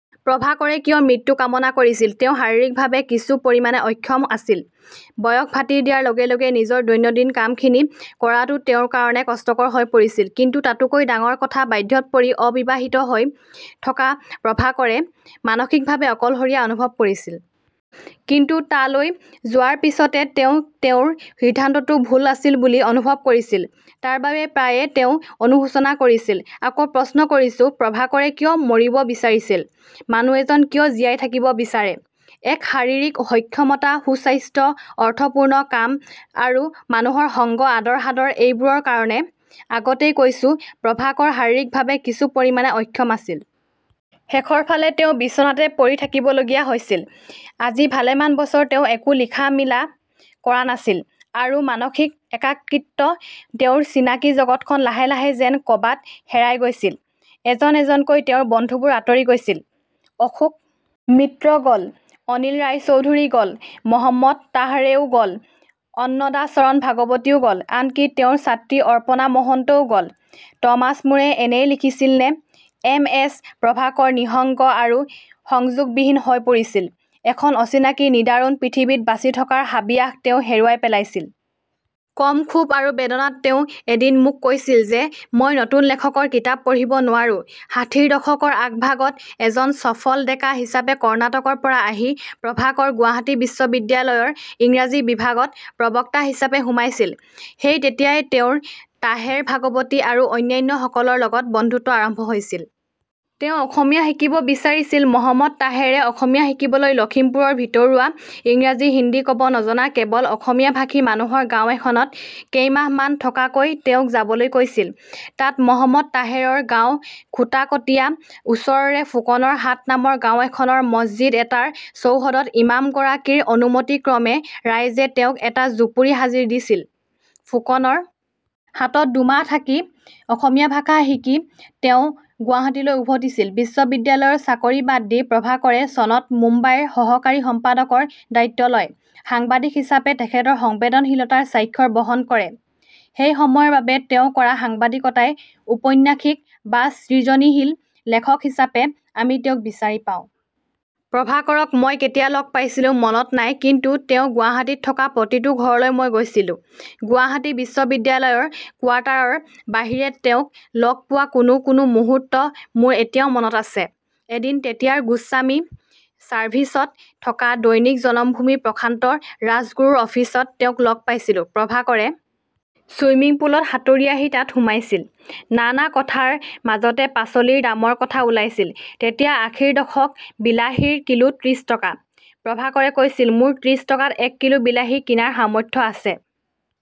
প্ৰভাকৰে কিয় মৃত্যু কামনা কৰিছিল, তেওঁ শাৰীৰিকভাৱে কিছু পৰিমাণে অক্ষম আছিল। বয়স ভাটি দিয়াৰ লগে লগে নিজৰ দৈনন্দিন কামখিনি কৰাটোও তেওঁৰ কাৰণে কষ্টকৰ হৈ পৰিছিল। কিন্তু তাতোকৈ ডাঙৰ কথা বাধ্যত পৰি অবিবাহিতহৈ থকা প্ৰভাকৰে মানসিকভাৱে অকলশৰীয়া অনুভৱ কৰিছিল। কিন্তু তালৈ যোৱাৰ পিছতে তেওঁ তেওঁৰ সিদ্ধান্তটো ভুল আছিল বুলি অনুভৱ কৰিছিল। তাৰ বাবে প্ৰায়ে তেওঁ অনুশোচনা কৰিছিল। আকৌ প্ৰশ্ন কৰিছোঁ প্ৰভাকৰে কিয় মৰিব বিচাৰিছিল ?মানুহ এজন কিয় জীয়াই থাকিব বিচাৰে? এক শাৰীৰিক সক্ষমতা সুস্বাস্থ্য অৰ্থপূৰ্ণ কাম আৰু মানুহৰ সংগ আদৰ-সাদৰ এইবোৰৰ কাৰণে আগতেই কৈছোঁ প্ৰভাকৰ শাৰীৰিকভাৱে কিছু পৰিমাণে অক্ষম আছিল। শেষৰ ফালে তেওঁ বিচনাতে পৰি থাকিবলগীয়া হৈছিল। আজি ভালেমান বছৰ তেওঁ একো লিখা-মিলা কৰা নাছিল আৰু মানসিক একাকিত্ব তেওঁৰ চিনাকি জগতখন লাহে লাহে যেন কবাত হেৰাই গৈছিল। এজন এজনকৈ তেওঁৰ বন্ধুবোৰ আঁতৰি গৈছিল। অশোক মিত্ৰ গ'ল। অনিল ৰায়চৌধুৰী গ'ল। মহম্মদ তাহেৰও গলঅন্নদাচৰণ ভাগৱতীও গ'ল। আনকি তেওঁৰ ছাত্ৰী অপৰ্ণা মহন্তও গ'ল। টমাচ মূৰে এনেয়ে লিখিছিল নে? এম এছ প্ৰভাকৰ নিঃসংগ আৰু সংযোগবিহীন হৈ পৰিছিল। এখন অচিনাকি নিদাৰুণ পৃথিৱীত বাচি থকাৰ হাবিয়াস তেওঁ হেৰুৱাই পেলাইছিল। কম ক্ষোভ আৰু বেদনাত তেওঁ এদিন মোক কৈছিল যে মই নতুন লেখকৰ কিতাপ পঢ়িব নোৱাৰোঁ। ষাঠীৰ দশকৰ আগভাগত এজন চফল ডেকা হিচাপে কৰ্ণাটকৰ পৰা আহি প্ৰভাকৰ গুৱাহাটী বিশ্ববিদ্যালয়ৰ ইংৰাজী বিভাগত প্ৰবক্তা হিচাপে সোমাইছিল। সেই তেতিয়াই তেওঁৰ তাহেৰ ভাগৱতী আৰু অন্যান্য সকলৰ লগত বন্ধুত্ব আৰম্ভ হৈছিল। তেওঁ অসমীয়া শিকিব বিচাৰিছিল। মহম্মদ তাহেৰে অসমীয়া শিকিবলৈ লক্ষিমপুৰৰ ভিতৰুৱা ইংৰাজী হিন্দী ক'ব নজনা কেৱল অসমীয়া ভাষী মানুহৰ গাঁও এখনত কেইমাহমান থকাকৈ তেওঁক যাবলৈ কৈছিল। তাত মহম্মদ তাহেৰৰ গাঁও খুটাকটীয়া ওচৰৰে ফুকনৰ হাট নামৰ গাঁও এখনৰ মচজিদ এটাৰ চৌহদত ইমাম গৰাকীৰ অনুমতি ক্ৰমে ৰাইজে তেওঁক এটা জুপুৰী সাজি দিছিল। ফুকনৰ হাটত দুমাহ থাকি অসমীয়া ভাষা শিকি তেওঁ গুৱাহাটীলৈ উভতিছিল। বিশ্ববিদ্যালয়ৰ চাকৰি বাদ দি প্ৰভাকৰে চনত মুম্বাইৰ সহকাৰী সম্পাদকৰ দায়িত্ব লয়। সাংবাদিক হিচাপে তেখেতৰ সংবেদনশীলতাৰ স্বাক্ষৰ বহন কৰে সেই সময়ৰ বাবে তেওঁ কৰা সাংবাদিকতাই উপন্যাসিক বা সৃজনীশীল লেখক হিচাপে আমি তেওঁক বিচাৰি পাওঁ। প্ৰভাকৰক মই কেতিয়া লগ পাইছিলোঁ মনত নাই। কিন্তু তেওঁ গুৱাহাটীত থকা প্ৰতিটো ঘৰলৈ মই গৈছিলোঁ। গুৱাহাটী বিশ্ববিদ্যালয়ৰ কোৱাৰ্টাৰৰ বাহিৰে তেওঁক লগ পোৱা কোনো কোনো মুহূৰ্ত মোৰ এতিয়াও মনত আছে। এদিন তেতিয়াৰ গোস্বামী চাৰ্ভিচত থকা দৈনিক জনমভূমি প্ৰশান্ত ৰাজগুৰুৰ অফিচত তেওঁক লগ পাইছিলোঁ। প্ৰভাকৰে চুইমিং পুলত সাঁতুৰি আহি তাত সোমাইছিল। নানা কথাৰ মাজতে পাচলিৰ দামৰ কথা ওলাইছিল। তেতিয়া আশীৰ দশক বিলাহীৰ কিলো ত্ৰিশ টকা। প্ৰভাকৰে কৈছিল মোৰ ত্ৰিশ টকাত এক কিলো বিলাহী কিনাৰ সামৰ্থ্য আছে।